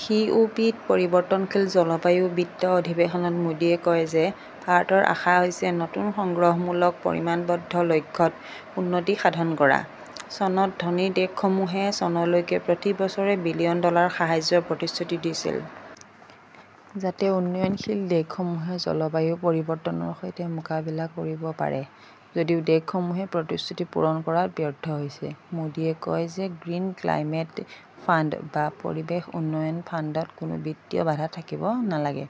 সি. O. P. -ত 'পৰিৱৰ্তনশীল জলবায়ু বিত্ত "অধিৱেশনত মোদীয়ে কয় যে ভাৰতৰ আশা হৈছে' নতুন সংগ্ৰহমূলক পৰিমাণবদ্ধ লক্ষ্য" -ত উন্নতি সাধন কৰা। চনত ধনী দেশসমূহে চনলৈকে প্ৰতি বছৰে বিলিয়ন ডলাৰ সাহায্যৰ প্ৰতিশ্ৰুতি দিছিল। যাতে উন্নয়নশীল দেশসমূহে জলবায়ু পৰিৱৰ্তনৰ সৈতে মোকাবিলা কৰিব পাৰে। যদিও দেশসমূহে প্ৰতিশ্ৰুতি পূৰণ কৰাত ব্যৰ্থ হৈছে। মোদীয়ে কয় যে 'গ্ৰীণ ক্লাইমেট ফাণ্ড "বা পৰিৱেশ উন্নয়ন ফাণ্ডত কোনো বিত্তীয় বাধা থাকিব নালাগে।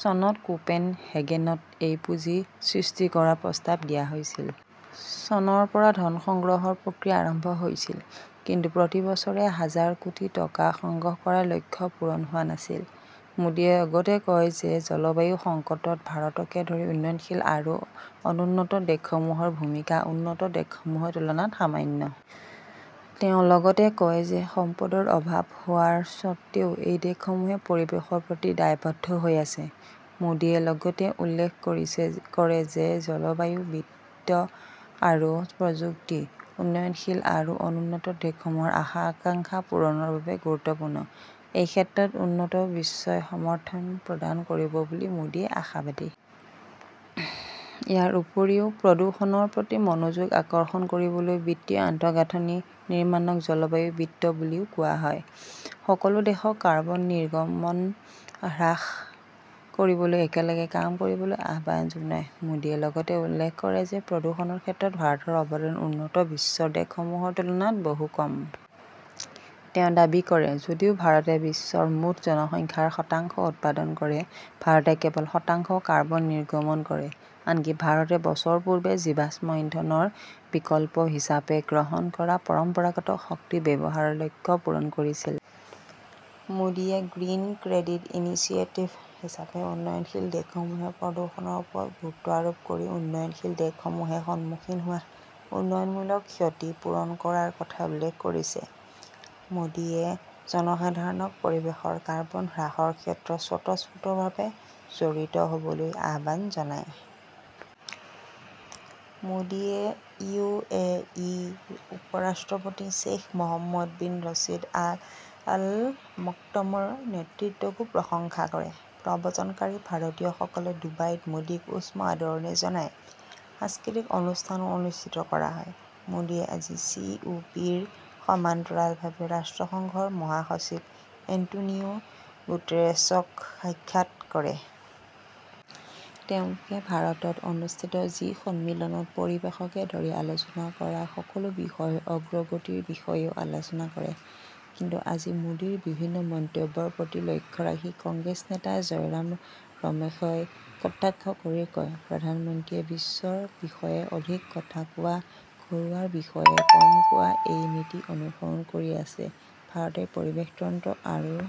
চনত কোপেন হেগেনত এই পুঁজি সৃষ্টি কৰাৰ প্ৰস্তাৱ দিয়া হৈছিল। চনৰ পৰা ধন সংগ্ৰহৰ প্ৰক্ৰিয়া আৰম্ভ হৈছিল। কিন্তু প্ৰতি বছৰে হাজাৰ কোটি টকা সংগ্ৰহ কৰাৰ লক্ষ্য পূৰণ হোৱা নাছিল। মোদীয়ে লগতে কয় যে জলবায়ু সংকটত ভাৰতকে ধৰি উন্নয়নশীল আৰু অনুন্নত দেশসমূহৰ ভূমিকা উন্নত দেশসমূহৰ তুলনাত সামান্য। তেওঁ লগতে কয় যে সম্পদৰ অভাৱ হোৱাৰ স্বত্ত্বেও এই দেশসমূহে পৰিৱেশৰ প্ৰতি দায়বদ্ধ হৈ আছে। মোদীয়ে লগতে উল্লেখ কৰে যে 'জলবায়ু বিত্ত আৰু প্ৰযুক্তি "উন্নয়নশীল আৰু অনুন্নত দেশসমূহৰ আশা-আকাংক্ষা পূৰণৰ বাবে গুৰুত্বপূৰ্ণ। এই ক্ষেত্ৰত উন্নত বিশ্বই সমৰ্থন প্ৰদান কৰিব বুলি মোদীয়ে আশাবাদী। ইয়াৰ উপৰিও, প্ৰদূষণৰ প্ৰতি মনোযোগ আকৰ্ষণ কৰিবলৈ বিত্তীয় আন্তঃগাঁথনি নিৰ্মাণক 'জলবায়ু বিত্ত "বুলিও কোৱা হয়। সকলো দেশক কাৰ্বন নিৰ্গমন হ্ৰাস কৰিবলৈ একেলগে কাম কৰিবলৈ আহ্বান জনায়। মোদীয়ে লগতে উল্লেখ কৰে যে প্ৰদূষণৰ ক্ষেত্ৰত ভাৰতৰ অৱদান উন্নত বিশ্বৰ দেশসমূহৰ তুলনাত বহু কম। তেওঁ দাবী কৰে, "যদিও ভাৰতে বিশ্বৰ মুঠ জনসংখ্যাৰ শতাংশ উৎপাদন কৰে, ভাৰতে কেৱল শতাংশ কাৰ্বন নিৰ্গমন কৰে। আনকি ভাৰতে বছৰ পূৰ্বে জীৱাশ্ম ইন্ধন ৰ বিকল্প হিচাপে গ্ৰহণ কৰা পৰম্পৰাগত শক্তি ব্যৱহাৰৰ লক্ষ্য পূৰণ কৰিছিল। "মোদীয়ে 'গ্ৰীণ ক্ৰেডিট ইনিচিয়েটিভ" হিচাপে উন্নয়নশীল দেশসমূহে প্ৰদূষণৰ ওপৰত গুৰুত্ব আৰোপ কৰি উন্নয়নশীল দেশসমূহে সন্মুখীন হোৱা উন্নয়নমূলক ক্ষতি পূৰণ কৰাৰ কথা উল্লেখ কৰিছে। মোদীয়ে জনসাধাৰণক পৰিৱেশৰ কাৰ্বন হ্ৰাসৰ ক্ষেত্ৰত স্বতঃস্ফূৰ্তভাৱে জড়িত হ "বলৈ আহ্বান জনায়। মোদীয়ে ইউ. এ. ই. -ৰ উপ-ৰাষ্ট্ৰপতি Sheikh Mohammed bin Rashid Al মকতমৰ নেতৃত্বকো প্ৰশংসা কৰে। প্ৰব্ৰজনকাৰী ভাৰতীয়সকলে ডুবাইত মোডীক উষ্ম আদৰণি জনায়। সাংস্কৃতিক অনুষ্ঠানও অনুষ্ঠিত কৰা হয়। মোদীয়ে আজি চি. ও. পি. -ৰ সমান্তৰালভাৱে ৰাষ্ট্ৰসংঘৰ মহাসচিব এন্টোনিও গুটেৰেছক সাক্ষাৎ কৰে। তেওঁলোকে ভাৰতত অনুষ্ঠিত জি- সন্মিলনত পৰিৱেশকে ধৰি আলোচনা কৰা সকলো বিষয়ৰ অগ্ৰগতিৰ বিষয়েও আলোচনা কৰে। কিন্তু আজি মোদীৰ বিভিন্ন মন্তব্যৰ প্ৰতি লক্ষ্য ৰাখি কংগ্ৰেছ নেতা জয়ৰাম ৰমেশই কটাক্ষ কৰি কয়, "প্ৰধানমন্ত্ৰীয়ে বিশ্বৰ বিষয়ে অধিক কথা কোৱা, ঘৰুৱাৰ বিষয়ে কম কোৱা-এই নীতি অনুসৰণ কৰি আছে। "ভাৰতে পৰিৱেশ তন্ত্ৰ আৰু